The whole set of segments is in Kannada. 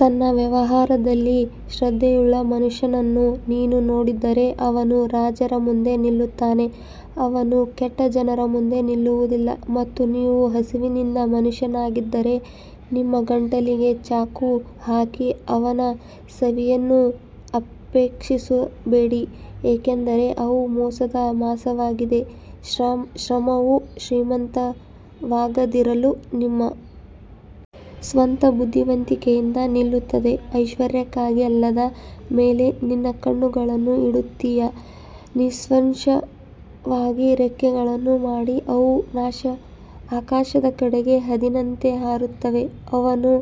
ತನ್ನ ವ್ಯವಹಾರದಲ್ಲಿ ಶ್ರದ್ಧೆಯುಳ್ಳ ಮನುಷ್ಯನನ್ನು ನೀನು ನೋಡಿದರೆ ಅವನು ರಾಜರ ಮುಂದೆ ನಿಲ್ಲುತ್ತಾನೆ, ಅವನು ಕೆಟ್ಟ ಜನರ ಮುಂದೆ ನಿಲ್ಲುವುದಿಲ್ಲ ಮತ್ತು ನೀವು ಹಸಿವಿನಿಂದ ಮನುಷ್ಯನಾಗಿದ್ದರೆ ನಿಮ್ಮ ಗಂಟಲಿಗೆ ಚಾಕು ಹಾಕಿ ಅವನ ಸವಿಯನ್ನು ಅಪೇಕ್ಷಿಸಬೇಡಿ ಏಕೆಂದರೆ ಅವು ಮೋಸದ ಮಾಂಸವಾಗಿದೆ ಶ್ರಮವು ಶ್ರೀಮಂತವಾಗದಿರಲು ನಿಮ್ಮ ಸ್ವಂತ ಬುದ್ಧಿವಂತಿಕೆಯಿಂದ ನಿಲ್ಲುತ್ತದೆ ಐಶ್ವರ್ಯಕ್ಕಾಗಿ ಅಲ್ಲದ ಮೇಲೆ ನಿನ್ನ ಕಣ್ಣುಗಳನ್ನು ಇಡುತ್ತೀಯಾ ನಿಸ್ಸಂಶಯವಾಗಿ ರೆಕ್ಕೆಗಳನ್ನು ಮಾಡಿ ಅವು ಆಕಾಶದ ಕಡೆಗೆ ಹದ್ದಿನಂತೆ ಹಾರುತ್ತವೆ ಅವನು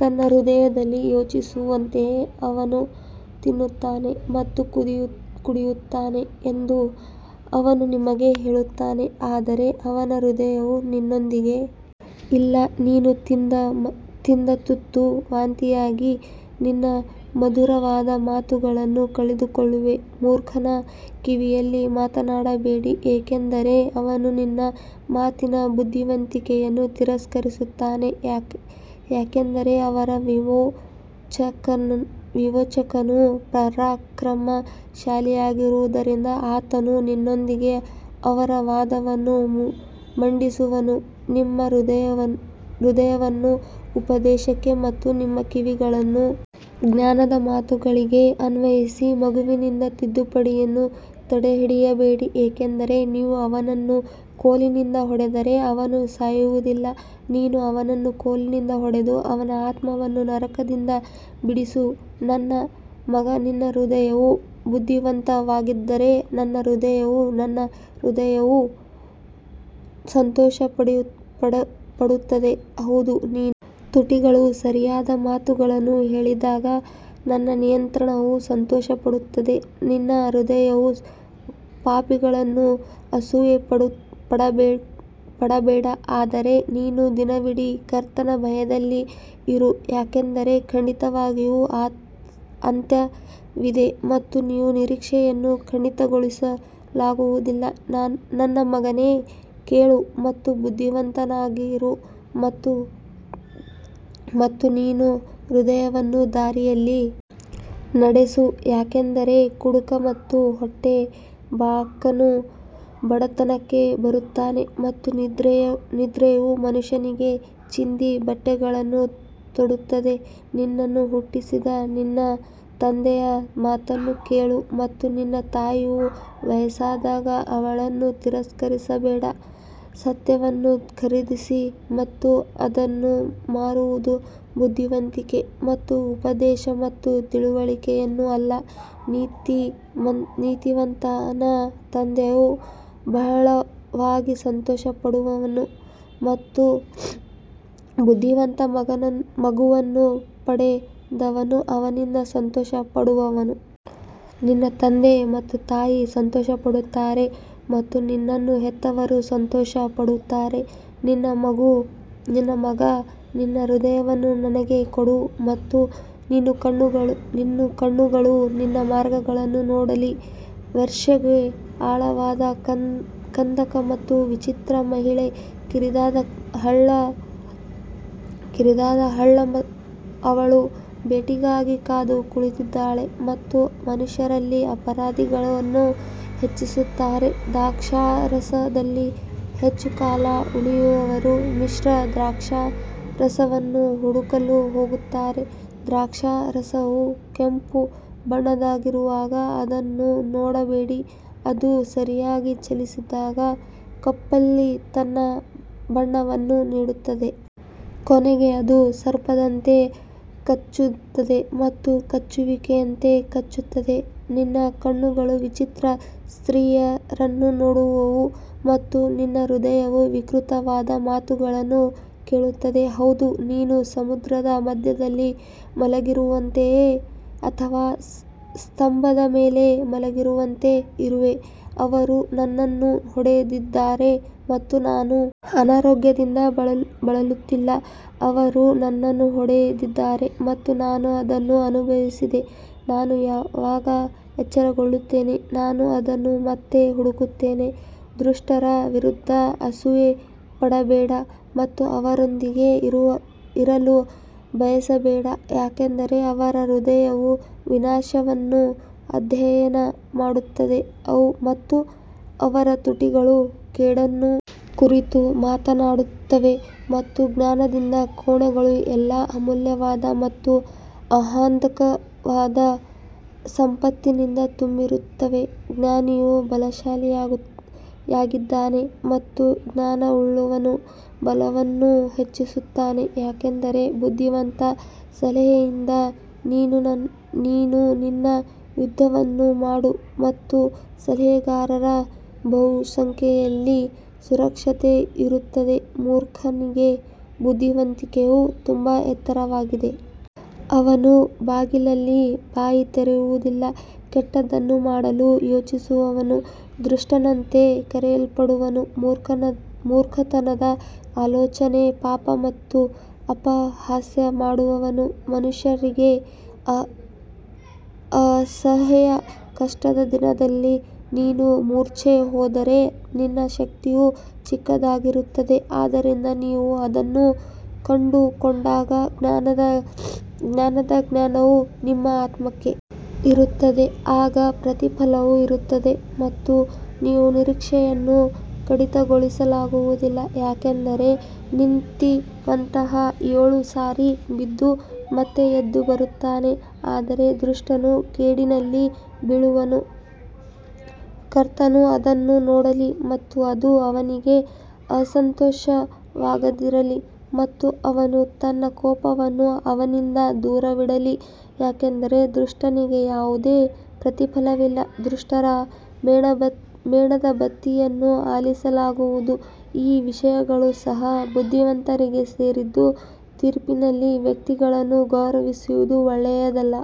ತನ್ನ ಹೃದಯದಲ್ಲಿ ಯೋಚಿಸುವಂತೆಯೇ ಅವನು ತಿನ್ನುತ್ತಾನೆ ಮತ್ತು ಕುಡಿಯುತ್ತಾನೆ ಎಂದು ಅವನು ನಿಮಗೆ ಹೇಳುತ್ತಾನೆ ಆದರೆ ಅವನ ಹೃದಯವು ನಿನ್ನೊಂದಿಗೆ ಇಲ್ಲ ನೀನು ತಿಂದ ತುತ್ತು ವಾಂತಿಯಾಗಿ ನಿನ್ನ ಮಧುರವಾದ ಮಾತುಗಳನ್ನು ಕಳೆದುಕೊಳ್ಳುವೆ ಮೂರ್ಖನ ಕಿವಿಯಲ್ಲಿ ಮಾತನಾಡಬೇಡಿ ಏಕೆಂದರೆ ಅವನು ನಿನ್ನ ಮಾತಿನ ಬುದ್ಧಿವಂತಿಕೆಯನ್ನು ತಿರಸ್ಕರಿಸುತ್ತಾನೆ ಯಾಕಂದರೆ ಅವರ ವಿಮೋಚಕನು ಪರಾಕ್ರಮಶಾಲಿಯಾಗಿರುವುದರಿಂದ ಆತನು ನಿನ್ನೊಂದಿಗೆ ಅವರ ವಾದವನ್ನು ಮಂಡಿಸುವನು ನಿಮ್ಮ ಹೃದಯವನ್ನು ಉಪದೇಶಕ್ಕೆ ಮತ್ತು ನಿಮ್ಮ ಕಿವಿಗಳನ್ನು ಜ್ಞಾನದ ಮಾತುಗಳಿಗೆ ಅನ್ವಯಿಸಿ ಮಗುವಿನಿಂದ ತಿದ್ದುಪಡಿಯನ್ನು ತಡೆಹಿಡಿಯಬೇಡಿ ಏಕೆಂದರೆ ನೀವು ಅವನನ್ನು ಕೋಲಿನಿಂದ ಹೊಡೆದರೆ ಅವನು ಸಾಯುವುದಿಲ್ಲ ನೀನು ಅವನನ್ನು ಕೋಲಿನಿಂದ ಹೊಡೆದು ಅವನ ಆತ್ಮವನ್ನು ನರಕದಿಂದ ಬಿಡಿಸು ನನ್ನ ಮಗ ನಿನ್ನ ಹೃದಯವು ಬುದ್ಧಿವಂತವಾಗಿದ್ದರೆ ನನ್ನ ಹೃದಯವು ನನ್ನ ಹೃದಯವೂ ಸಂತೋಷಪಡುತ್ತದೆ ಹೌದು ನಿನ್ನ ತುಟಿಗಳು ಸರಿಯಾದ ಮಾತುಗಳನ್ನು ಹೇಳಿದಾಗ ನನ್ನ ನಿಯಂತ್ರಣವು ಸಂತೋಷಪಡುತ್ತದೆ ನಿನ್ನ ಹೃದಯವು ಪಾಪಿಗಳನ್ನು ಅಸೂಯೆಪಡಬೇಡ, ಆದರೆ ನೀನು ದಿನವಿಡೀ ಕರ್ತನ ಭಯದಲ್ಲಿ ಇರು ಯಾಕಂದರೆ ಖಂಡಿತವಾಗಿಯೂ ಅಂತ್ಯವಿದೆ ಮತ್ತು ನಿಮ್ಮ ನಿರೀಕ್ಷೆಯನ್ನು ಕಡಿತಗೊಳಿಸಲಾಗುವುದಿಲ್ಲ ನನ್ನ ಮಗನೇ ಕೇಳು ಮತ್ತು ಬುದ್ಧಿವಂತನಾಗಿರು ಮತ್ತು ನಿನ್ನ ಹೃದಯವನ್ನು ದಾರಿಯಲ್ಲಿ ನಡೆಸು ಯಾಕಂದರೆ ಕುಡುಕ ಮತ್ತು ಹೊಟ್ಟೆಬಾಕನು ಬಡತನಕ್ಕೆ ಬರುತ್ತಾನೆ ಮತ್ತು ನಿದ್ರೆಯು ಮನುಷ್ಯನಿಗೆ ಚಿಂದಿ ಬಟ್ಟೆಗಳನ್ನು ತೊಡುತ್ತದೆ ನಿನ್ನನ್ನು ಹುಟ್ಟಿಸಿದ ನಿನ್ನ ತಂದೆಯ ಮಾತನ್ನು ಕೇಳು ಮತ್ತು ನಿನ್ನ ತಾಯಿಯು ವಯಸ್ಸಾದಾಗ ಅವಳನ್ನು ತಿರಸ್ಕರಿಸಬೇಡ ಸತ್ಯವನ್ನು ಖರೀದಿಸಿ ಮತ್ತು ಅದನ್ನು ಮಾರುವುದು ಬುದ್ಧಿವಂತಿಕೆ ಮತ್ತು ಉಪದೇಶ ಮತ್ತು ತಿಳುವಳಿಕೆಯನ್ನು ಅಲ್ಲ ನೀತಿವಂತನ ತಂದೆಯು ಬಹಳವಾಗಿ ಸಂತೋಷಪಡುವನು ಮತ್ತು ಬುದ್ಧಿವಂತ ಮಗುವನ್ನು ಪಡೆದವನು ಅವನಿಂದ ಸಂತೋಷಪಡುವನು. ನಿನ್ನ ತಂದೆ ಮತ್ತು ತಾಯಿ ಸಂತೋಷಪಡುತ್ತಾರೆ ಮತ್ತು ನಿನ್ನನ್ನು ಹೆತ್ತವರು ಸಂತೋಷಪಡುತ್ತಾರೆ ನನ್ನ ಮಗ ನಿನ್ನ ಹೃದಯವನ್ನು ನನಗೆ ಕೊಡು ಮತ್ತು ನಿನ್ನ ಕಣ್ಣುಗಳು ನನ್ನ ಮಾರ್ಗಗಳನ್ನು ನೋಡಲಿ ವೇಶ್ಯೆಗೆ ಆಳವಾದ ಕಂದಕ ಮತ್ತು ವಿಚಿತ್ರ ಮಹಿಳೆ ಕಿರಿದಾದ ಹಳ್ಳ ಅವಳು ಬೇಟೆಗಾಗಿ ಕಾದು ಕುಳಿತಿದ್ದಾಳೆ ಮತ್ತು ಮನುಷ್ಯರಲ್ಲಿ ಅಪರಾಧಿಗಳನ್ನು ಹೆಚ್ಚಿಸುತ್ತಾಳೆ ದ್ರಾಕ್ಷಾರಸದಲ್ಲಿ ಹೆಚ್ಚು ಕಾಲ ಉಳಿಯುವವರು ಮಿಶ್ರ ದ್ರಾಕ್ಷಾರಸವನ್ನು ಹುಡುಕಲು ಹೋಗುತ್ತಾರೆ ದ್ರಾಕ್ಷಾರಸವು ಕೆಂಪು ಬಣ್ಣದ್ದಾಗಿರುವಾಗ ಅದನ್ನು ನೋಡಬೇಡಿ, ಅದು ಸರಿಯಾಗಿ ಚಲಿಸಿದಾಗ ಕಪ್ನಲ್ಲಿ ತನ್ನ ಬಣ್ಣವನ್ನು ನೀಡುತ್ತದೆ. ಕೊನೆಗೆ ಅದು ಸರ್ಪದಂತೆ ಕಚ್ಚುತ್ತದೆ ಮತ್ತು ಕಚ್ಚುವಿಕೆಯಂತೆ ಕಚ್ಚುತ್ತದೆ ನಿನ್ನ ಕಣ್ಣುಗಳು ವಿಚಿತ್ರ ಸ್ತ್ರೀಯರನ್ನು ನೋಡುವವು ಮತ್ತು ನಿನ್ನ ಹೃದಯವು ವಿಕೃತವಾದ ಮಾತುಗಳನ್ನು ಹೇಳುತ್ತದೆ ಹೌದು ನೀನು ಸಮುದ್ರದ ಮಧ್ಯದಲ್ಲಿ ಮಲಗಿರುವವನಂತೆ ಅಥವಾ ಸ್ತಂಭದ ಮೇಲೆ ಮಲಗಿರುವವನಂತೆ ಇರುವೆ ಅವರು ನನ್ನನ್ನು ಹೊಡೆದಿದ್ದಾರೆ ಮತ್ತು ನಾನು ಅನಾರೋಗ್ಯದಿಂದ ಬಳಲುತ್ತಿಲ್ಲ, ಅವರು ನನ್ನನ್ನು ಹೊಡೆದಿದ್ದಾರೆ ಮತ್ತು ನಾನು ಅದನ್ನು ಅನುಭವಿಸಿದೆ ನಾನು ಯಾವಾಗ ಎಚ್ಚರಗೊಳ್ಳುತ್ತೇನೆ ನಾನು ಅದನ್ನು ಮತ್ತೆ ಹುಡುಕುತ್ತೇನೆ ದುಷ್ಟರ ವಿರುದ್ಧ ಅಸೂಯೆಪಡಬೇಡ ಮತ್ತು ಅವರೊಂದಿಗೆ ಇರಲು ಬಯಸಬೇಡ ಯಾಕಂದರೆ ಅವರ ಹೃದಯವು ವಿನಾಶವನ್ನು ಅಧ್ಯಯನ ಮಾಡುತ್ತದೆ ಮತ್ತು ಅವರ ತುಟಿಗಳು ಕೇಡನ್ನು ಕುರಿತು ಮಾತನಾಡುತ್ತವೆ ಮತ್ತು ಜ್ಞಾನದಿಂದ ಕೋಣೆಗಳು ಎಲ್ಲಾ ಅಮೂಲ್ಯವಾದ ಮತ್ತು ಆಹ್ಲಾದಕರವಾದ ಸಂಪತ್ತಿನಿಂದ ತುಂಬಿರುತ್ತವೆ ಜ್ಞಾನಿಯು ಬಲಶಾಲಿಯಾಗಿದ್ದಾನೆ ಮತ್ತು ಜ್ಞಾನವುಳ್ಳವನು ಬಲವನ್ನು ಹೆಚ್ಚಿಸುತ್ತಾನೆ ಯಾಕಂದರೆ ಬುದ್ಧಿವಂತ ಸಲಹೆಯಿಂದ ನೀನು ನಿನ್ನ ಯುದ್ಧವನ್ನು ಮಾಡು ಮತ್ತು ಸಲಹೆಗಾರರ ಬಹುಸಂಖ್ಯೆಯಲ್ಲಿ ಸುರಕ್ಷತೆ ಇರುತ್ತದೆ ಮೂರ್ಖನಿಗೆ ಬುದ್ಧಿವಂತಿಕೆಯು ತುಂಬಾ ಎತ್ತರವಾಗಿದೆ, ಅವನು ಬಾಗಿಲಲ್ಲಿ ಬಾಯಿ ತೆರೆಯುವುದಿಲ್ಲ ಕೆಟ್ಟದ್ದನ್ನು ಮಾಡಲು ಯೋಚಿಸುವವನು ದುಷ್ಟನೆಂದು ಕರೆಯಲ್ಪಡುವನು ಮೂರ್ಖತನದ ಆಲೋಚನೆ ಪಾಪ ಮತ್ತು ಅಪಹಾಸ್ಯ ಮಾಡುವವನು ಮನುಷ್ಯರಿಗೆ ಅಸಹ್ಯ ಕಷ್ಟದ ದಿನದಲ್ಲಿ ನೀನು ಮೂರ್ಛೆ ಹೋದರೆ ನಿನ್ನ ಶಕ್ತಿಯು ಚಿಕ್ಕದಾಗಿರುತ್ತದೆ ಆದ್ದರಿಂದ ನೀವು ಅದನ್ನು ಕಂಡುಕೊಂಡಾಗ ಜ್ಞಾನದ ಜ್ಞಾನವು ನಿಮ್ಮ ಆತ್ಮಕ್ಕೆ ಇರುತ್ತದೆ, ಆಗ ಪ್ರತಿಫಲವು ಇರುತ್ತದೆ ಮತ್ತು ನಿಮ್ಮ ನಿರೀಕ್ಷೆಯನ್ನು ಕಡಿತಗೊಳಿಸಲಾಗುವುದಿಲ್ಲ ಯಾಕಂದರೆ ನೀತಿವಂತನು ಏಳು ಸಾರಿ ಬಿದ್ದು ಮತ್ತೆ ಎದ್ದು ಬರುತ್ತಾನೆ ಆದರೆ ದುಷ್ಟನು ಕೇಡಿನಲ್ಲಿ ಬೀಳುವನು ಕರ್ತನು ಅದನ್ನು ನೋಡಲಿ ಮತ್ತು ಅದು ಅವನಿಗೆ ಅಸಂತೋಷವಾಗದಿರಲಿ ಮತ್ತು ಅವನು ತನ್ನ ಕೋಪವನ್ನು ಅವನಿಂದ ದೂರವಿಡಲಿ ಯಾಕಂದರೆ ದುಷ್ಟನಿಗೆ ಯಾವುದೇ ಪ್ರತಿಫಲವಿಲ್ಲ ದುಷ್ಟರ ಮೇಣದಬತ್ತಿಯನ್ನು ಆರಿಸಲಾಗುವುದು ಈ ವಿಷಯಗಳು ಸಹ ಬುದ್ಧಿವಂತರಿಗೆ ಸೇರಿದ್ದು ತೀರ್ಪಿನಲ್ಲಿ ವ್ಯಕ್ತಿಗಳನ್ನು ಗೌರವಿಸುವುದು ಒಳ್ಳೆಯದಲ್ಲ.